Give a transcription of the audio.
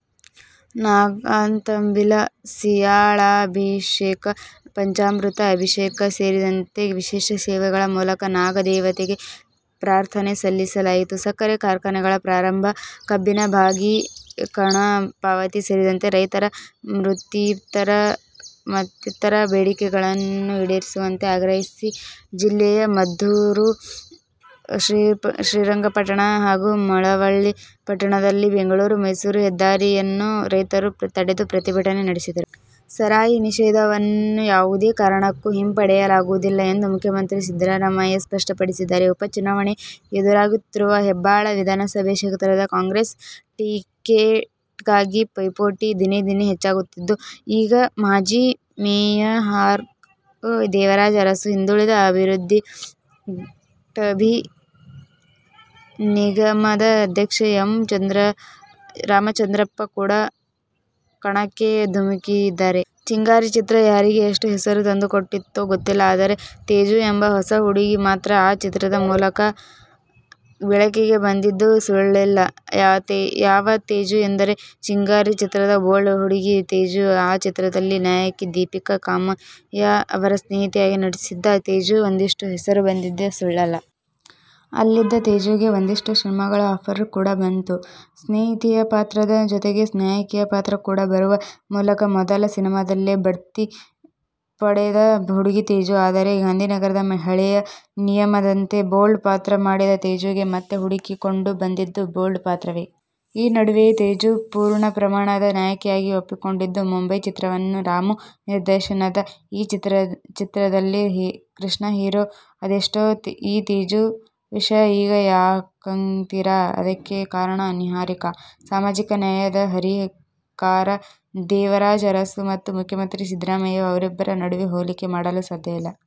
ನಾಗತಂಬಿಲ, ಸೀಯಾಳಾಭಿಷೇಕ, ಪಂಚಾಮೃತ ಅಭಿಷೇಕ ಸೇರಿದಂತೆ ವಿಶೇಷ ಸೇವೆಗಳ ಮೂಲಕ ನಾಗದೇವತೆಗೆ ಪ್ರಾರ್ಥನೆ ಸಲ್ಲಿಸಲಾಯಿತು. ಸಕ್ಕರೆ ಕಾರ್ಖಾನೆಗಳ ಪುನಾರಂಭ, ಕಬ್ಬಿನ ಬಾಕಿ ಹಣ ಪಾವತಿ ಸೇರಿದಂತೆ ರೈತರ ಮತ್ತಿತರರ ಬೇಡಿಕೆಗಳನ್ನು ಈಡೇರಿಸುವಂತೆ ಆಗ್ರಹಿಸಿ ಜಿಲ್ಲೆಯ ಮದ್ದೂರು, ಶ್ರೀರಂಗಪಟ್ಟಣ ಹಾಗೂ ಮಳವಳ್ಳಿ ಪಟ್ಟಣದಲ್ಲಿ ಬೆಂಗಳೂರು- ಮೈಸೂರು ಹೆದ್ದಾರಿಯನ್ನು ರೈತರು ತಡೆದು ಪ್ರತಿಭಟನೆ ನಡೆಸಿದರು. ಸಾರಾಯಿ ನಿಷೇಧವನ್ನು ಯಾವುದೇ ಕಾರಣಕ್ಕೂ ಹಿಂಪಡೆಯುವುದಿಲ್ಲ ಎಂದು ಮುಖ್ಯಮಂತ್ರಿ ಸಿದ್ದರಾಮಯ್ಯ ಸ್ಪಷ್ಟಪಡಿಸಿದ್ದಾರೆ. ಉಪ ಚುನಾವಣೆ ಎದುರಿಸುತ್ತಿರುವ ಹೆಬ್ಟಾಳ ವಿಧಾನಸಭೆ ಕ್ಷೇತ್ರದ ಕಾಂಗ್ರೆಸ್ ಟಿಕೆಟ್ಗಾಗಿ ಪೈಪೋಟಿ ದಿನೇ ದಿನೇ ಹೆಚ್ಚಾಗುತ್ತಿದ್ದು, ಈಗ ಮಾಜಿ ಮೇಯರ್ಹಾಗೂ ದೇವರಾಜ ಅರಸು ಹಿಂದುಳಿದ ಅಭಿವೃದಿಟಛಿ ನಿಗಮದ ಅಧ್ಯಕ್ಷ ಎಂ. ರಾಮಚಂದ್ರಪ್ಪ ಕೂಡ ಕಣಕ್ಕೆ ಧುಮುಕಿದ್ದಾರೆ. "ಚಿಂಗಾರಿ' ಚಿತ್ರ ಯಾರಿಗೆ, ಎಷ್ಟು ಹೆಸರು ತಂದುಕೊಟ್ಟಿತೋ ಗೊತ್ತಿಲ್ಲ, ಆದರೆ, ತೇಜು ಎಂಬ ಹೊಸ ಹುಡುಗಿ ಮಾತ್ರ ಆ ಚಿತ್ರದ ಮೂಲಕ ಬೆಳಕಿಗೆ ಬಂದಿದ್ದು ಸುಳ್ಳಲ್ಲ. ಯಾವ ತೇಜು ಎಂದರೆ "ಚಿಂಗಾರಿ' ಚಿತ್ರದ ಬೋಲ್ಡ್ ಹುಡುಗಿ ತೇಜು. ಆ ಚಿತ್ರದಲ್ಲಿ ನಾಯಕಿ ದೀಪಿಕಾ ಕಾಮಯ್ಯ ಅವರ ಸ್ನೇಹಿತೆಯಾಗಿ ನಟಿಸಿದ್ದ ತೇಜುಗೆ ಒಂದಷ್ಟು ಹೆಸರು ಬಂದಿದ್ದು ಸುಳ್ಳಲ್ಲ. ಅಲ್ಲಿಂದ ತೇಜುಗೆ ಒಂದಷ್ಟು ಸಿನಿಮಾಗಳ ಆಫರ್ ಕೂಡಾ ಬಂತು. ಸ್ನೇಹಿತೆಯ ಪಾತ್ರದ ಜೊತೆಗೆ ನಾಯಕಿಯ ಪಾತ್ರ ಕೂಡಾ ಬರುವ ಮೂಲಕ ಮೊದಲ ಸಿನಿಮಾದಲ್ಲೇ ಭಡ್ತಿ ಪಡೆದ ಹುಡುಗಿ ತೇಜು. ಆದರೆ, ಗಾಂಧಿನಗರದ ಹಳೆಯ ನಿಯಮದಂತೆ ಬೋಲ್ಡ್ ಪಾತ್ರ ಮಾಡಿದ ತೇಜುಗೆ ಮತ್ತೆ ಹುಡುಕಿಕೊಂಡು ಬಂದಿದ್ದು ಬೋಲ್ಡ್ ಪಾತ್ರವೇ. ಈ ನಡುವೆಯೇ ತೇಜು ಪೂರ್ಣಪ್ರಮಾಣದ ನಾಯಕಿಯಾಗಿ ಒಪ್ಪಿಕೊಂಡಿದ್ದು "ಮುಂಬೈ' ಚಿತ್ರವನ್ನು. ರಾಮು ನಿರ್ಮಾಣದ ಈ ಚಿತ್ರದಲ್ಲಿ ಕೃಷ್ಣ ಹೀರೋ. ಅಷ್ಟಕ್ಕೂ ಈ ತೇಜು ವಿಷ್ಯ ಈಗ ಯಾಕಂತೀರಾ? ಅದಕ್ಕೆ ಕಾರಣ, ನಿಹಾರಿಕಾ! ಸಾಮಾಜಿಕ ನ್ಯಾಯದ ಹರಿಕಾರ ದೇವರಾಜ ಅರಸು ಮತ್ತು ಮುಖ್ಯಮಂತ್ರಿ ಸಿದ್ದರಾಮಯ್ಯ ಅವರಿಬ್ಬರ ನಡುವೆ ಹೋಲಿಕೆ ಮಾಡಲು ಸಾಧ್ಯವಿಲ್ಲ.